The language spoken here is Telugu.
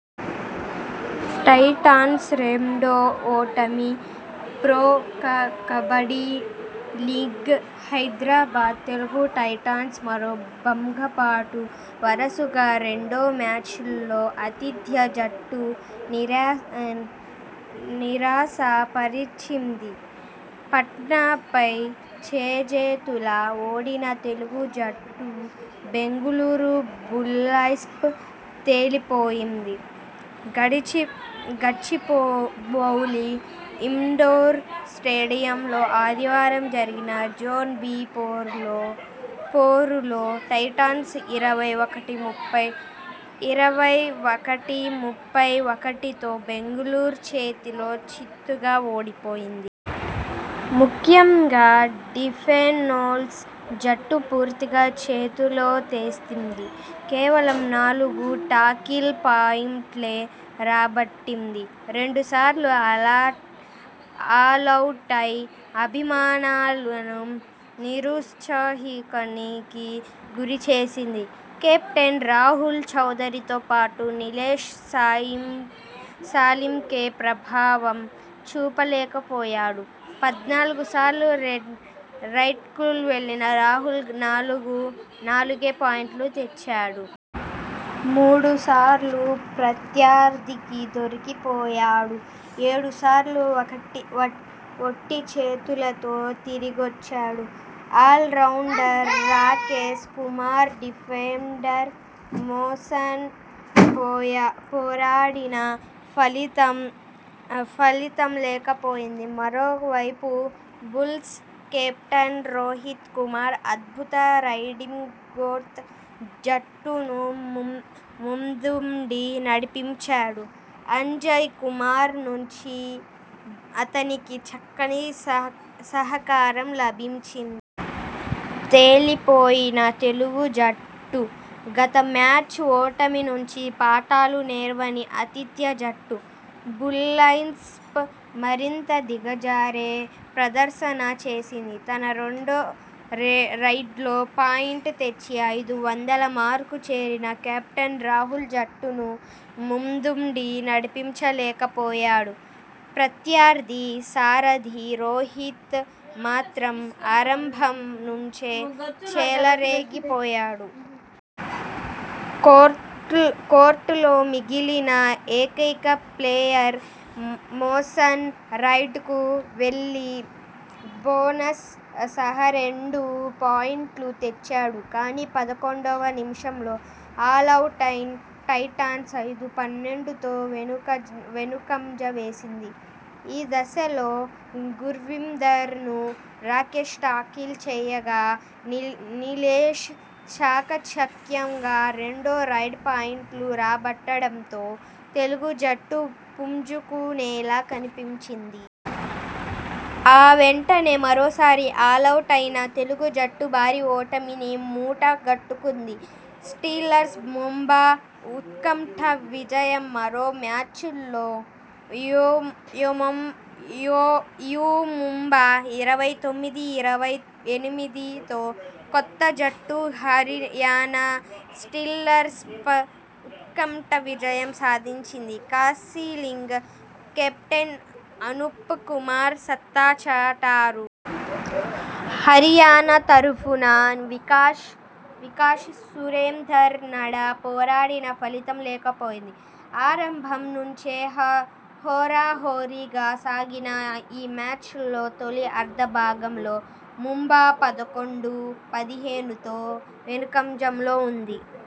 టైటాన్స్ రెండో ఓటమి Pro Kabaddi League Hyderabad Telugu Titans మరో భంగపాటు. వరుసగా రెండో మ్యాచ్లో ఆతిథ్య జట్టు నిరాశ పరిచింది. పట్నాపై చేజేతులా ఓడిన తెలుగు జట్టు.. బెంగళూరు బుల్స్పై తేలిపోయింది. గచ్చిబౌలి ఇండోర్ స్టేడియంలో ఆదివారం జరిగిన జోన్-బి పోరులో టైటాన్స్ ఇరవై ఒకటి-ముప్పై ఒకటితో బెంగళూరు చేతిలో చిత్తుగా ఓడిపోయింది. ముఖ్యంగా డిఫెన్స్లో జట్టు పూర్తిగా చేతులెత్తేసింది. కేవలం నాలు గు టాకిల్ పాయింట్లే రాబట్టింది. రెండు సార్లు ఆలౌటై అభిమానులను నిరుత్సాహానికి గురి చేసింది. కెప్టెన్ రాహుల్ చౌదరి తో పాటు నీలేష్ సాలుంకె ప్రభావం చూపలేకపోయాడు. పద్నాలుగు సార్లు రైడ్కు వెళ్లిన రాహుల్ నాలుగే పాయింట్లు తెచ్చాడు. మూడు సార్లు ప్రత్యర్థికి దొరికిపోయాడు. ఏడు సార్లు ఒట్టి చేతులతో తిరిగొచ్చాడు. Allrounder Rakesh Kumar, defender Mohsen పోరాడినా ఫలితం లేక పోయింది. మరోవైపు బుల్స్ కెప్టెన్ రోహిత్ కుమార్ అద్భుత రైడింగ్తో జట్టును ముందుండి నడిపించాడు. అజయ్ కుమార్ నుంచి అతనికి చక్కని సహకారం లభించింది. తేలిపోయిన తెలుగు జట్టు.. గత మ్యాచ్ ఓటమి నుంచి పాఠాలు నేర్వని ఆతిథ్య జట్టు. బుల్స్పై మరింత దిగజారే ప్రదర్శన చేసింది. తన రెండో రైడ్లో పాయింట్ తెచ్చి ఐదు వందల మార్కు చేరిన కెప్టెన్ రాహుల్ జట్టును ముందుండి నడిపించలేకపోయాడు. ప్రత్యర్థి సారథి రోహిత్ మాత్రం ఆరంభం నుంచే చెలరేగిపోయాడు. కోర్టులో మిగిలిన ఏకైక ప్లేయర్ మోసెన్ రైడ్ కు వెళ్లి బోనస్ సహారెండు పాయింట్లు తెచ్చాడు. కానీ, పదకొండువ నిమిషంలో ఆలౌటైన టైటాన్స్ ఐదు-పన్నెండుతో వెనుకంజ వేసింది. ఈ దశలో గుర్వీందర్ను రాకేష్ టాకిల్ చేయగా. నీలేష్ చాకచక్యంగా రెండు రైడ్ పాయింట్లు రాబట్టడంతో తెలుగు జట్టు పుంజుకునేలా కనిపించింది. ఆ వెంటనే మరోసారి ఆలౌటైన తెలుగు జట్టు భారీ ఓటమిని మూట గట్టుకుంది. స్టీలర్స్ ముంబా ఉత్కంఠ విజయం మరో మ్యాచ్లో యు ముంబా ఇరవై తొమ్మిది-ఇరవై ఎనిమిదితో కొత్త జట్టు హరియాణా స్టీలర్స్పై ఉత్కంఠ విజయం సాధించింది. కాశీలింగ్, కెప్టెన్ అనూప్ కుమార్ సత్తా చాటారు. హరియాణా తరఫున వికాష్, సురేందర్ నడా పోరాడినా ఫలితం లేకపోయింది. ఆరంభం నుంచే హోరాహోరీగా సాగిన ఈ మ్యాచ్లో తొలి అర్ధ భాగంలో ముంబా పదకొండు-పదిహేనుతో వెనుకంజలో ఉంది.